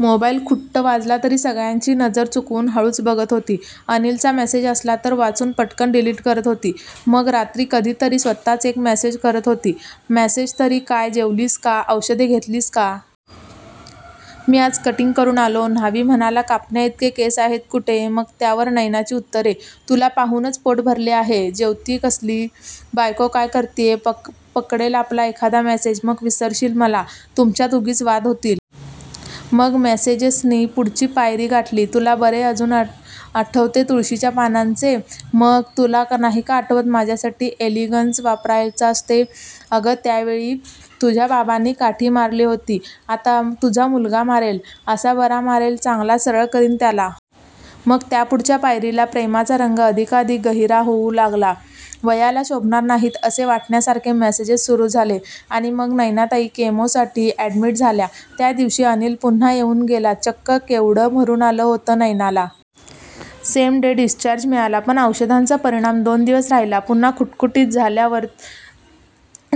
Mobile खुट्ट वाजला तरी सगळ्यांची नजर चुकवून हळूच बघत होती. अनिलचा मेसेज असला तर वाचून पटकन डिलीट करत होती. मग रात्री कधीतरी स्वतःच एक मेसेज करत होती. मेसेज तरी काय? जेवलीस का? औषधे घेतलीस का? मी आज कटिंग करून आलो, न्हावी म्हणाला कापण्याइतके केस आहेत कुठे? मग त्यावर नयनाची उत्तरे! तुला पाहूनच पोट भरले आहे. जेवतीय कसली? बायको काय करतीय? पकडेल आपला एखादा मेसेज! मग विसरशील मला! तुमच्यात उगीच वाद होतील. मग मेसेजेसनी पुढची पायरी गाठली. तुला बरे अजून आठवते तुळशीच्या पानांचे? मग? तुला नाही का आठवत माझ्यासाठी 'एलिगन्स' वापरायचास ते? अगं त्यावेळी तुझ्या बाबांनी काठी मारली होती, आता तुझा मुलगा मारेल. असा बरा मारेल, चांगला सरळ करीन त्याला! मग त्यापुढच्या पायरीला प्रेमाचा रंग अधिकाधिक गहिरा होऊ लागला. वयाला शोभणार नाहीत असे वाटण्यासारखे मेसेजेस सुरू झाले. आणि मग नयनाताई केमोसाठी अॅडमीट झाल्या. त्यादिवशी अनिल पुन्हा येऊन गेला. चक्क! केवढं भरून आलं होतं नयनाला! सेम डे डिसचार्ज मिळाला. पण औषधांचा परिणाम दोन दिवस राहिला. पुन्हा खुटखुटीत झाल्यावर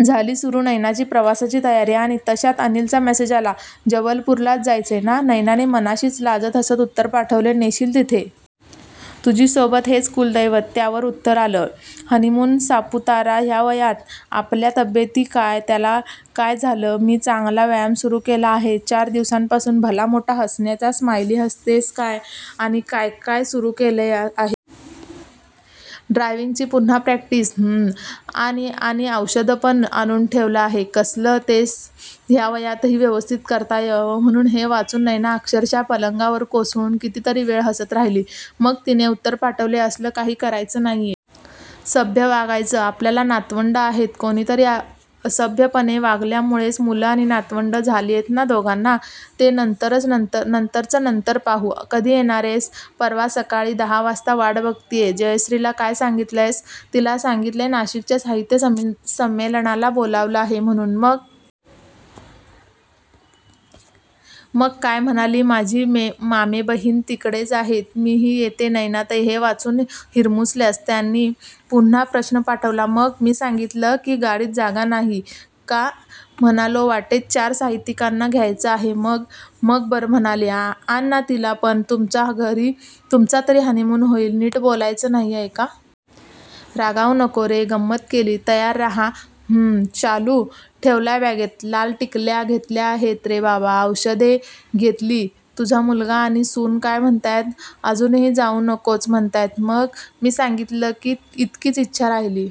झाली सुरू नयनाची प्रवासाची तयारी! आणि तश्यात अनिलचा मेसेज आला. 'जबलपूरलाच जायचंय ना? 'नयनाने मनाशीच लाजत हसत उत्तर पाठवले. 'नेशील तिथे! तुझी सोबत हेच कुलदैवत'त्यावर उत्तर आलं! 'हनीमून? सापूतारा? ''ह्या वयात? ''आपल्या तब्येती काय''त्याला काय झालं? मी चांगला व्यायाम सुरू केला आहे चार दिवसांपासून''भला मोठा हसण्याचा स्मायली''हसतेस काय? ''आणि काय काय सुरू केलं आहेस? ''ड्रायव्हिंगची पुन्हा प्रॅक्टिस''हम्म्म! आणि? ''आणि औषधपण आणून ठेवलं आहे''कसलं? ''तेच! ह्या वयातही व्यवस्थित करता यावं म्हणून'हे वाचून नयना अक्षरशः पलंगावर कोसळून कितीतरी वेळ हसत राहिली. मग तिने उत्तर पाठवले. 'असलं काही करायचं नाहीये. सभ्य वागायचं. आपल्याला नातवंडं आहेत''कोणीतरी असभ्यपणे वागल्यामुळेच मुलं आणि नातवंड झालीयत ना दोघांना? 'ते नंतरचं नंतर पाहू, कधी येणारेस? ''परवा सकाळी दहा वाजता''वाट बघतीय. जयश्रीला काय सांगितलंयस? ''तिला सांगितलंय नाशिकच्या साहित्य संमेलनाला बोलावलं आहे म्हणून''मग? ''मग काय? म्हणाली माझी मामेबहिण तिकडेच आहे, मीही येते'नयनाताई हे वाचून हिरमुसल्याच. त्यांनी पुन्हा प्रश्न पाठवला. 'मग? मी सांगितलं की गाडीत जागा नाही''का? '"म्हणालो वाटेत चार साहित्यिकांना घ्यायचं आहे''मग? ''मग बरं म्हणाली''आण ना तिला पण, तुमचा तरी हनीमून होईल''नीट बोलायचं नाही आहे का? ''रागवू नको रे, गंमत केली''तयार राहा''हम्म्म्म''शालू? 'ठेवलाय बॅगेत''लाल टिकल्या? ''घेतल्या आहेत रे बाबा''औषधे? ''घेतली''तुझा मुलगा आणि सून काय म्हणतायत? ''अजूनही जाऊ नकोच म्हणतायत''मग? मी सांगितलं की इतकीच इच्छा राहिली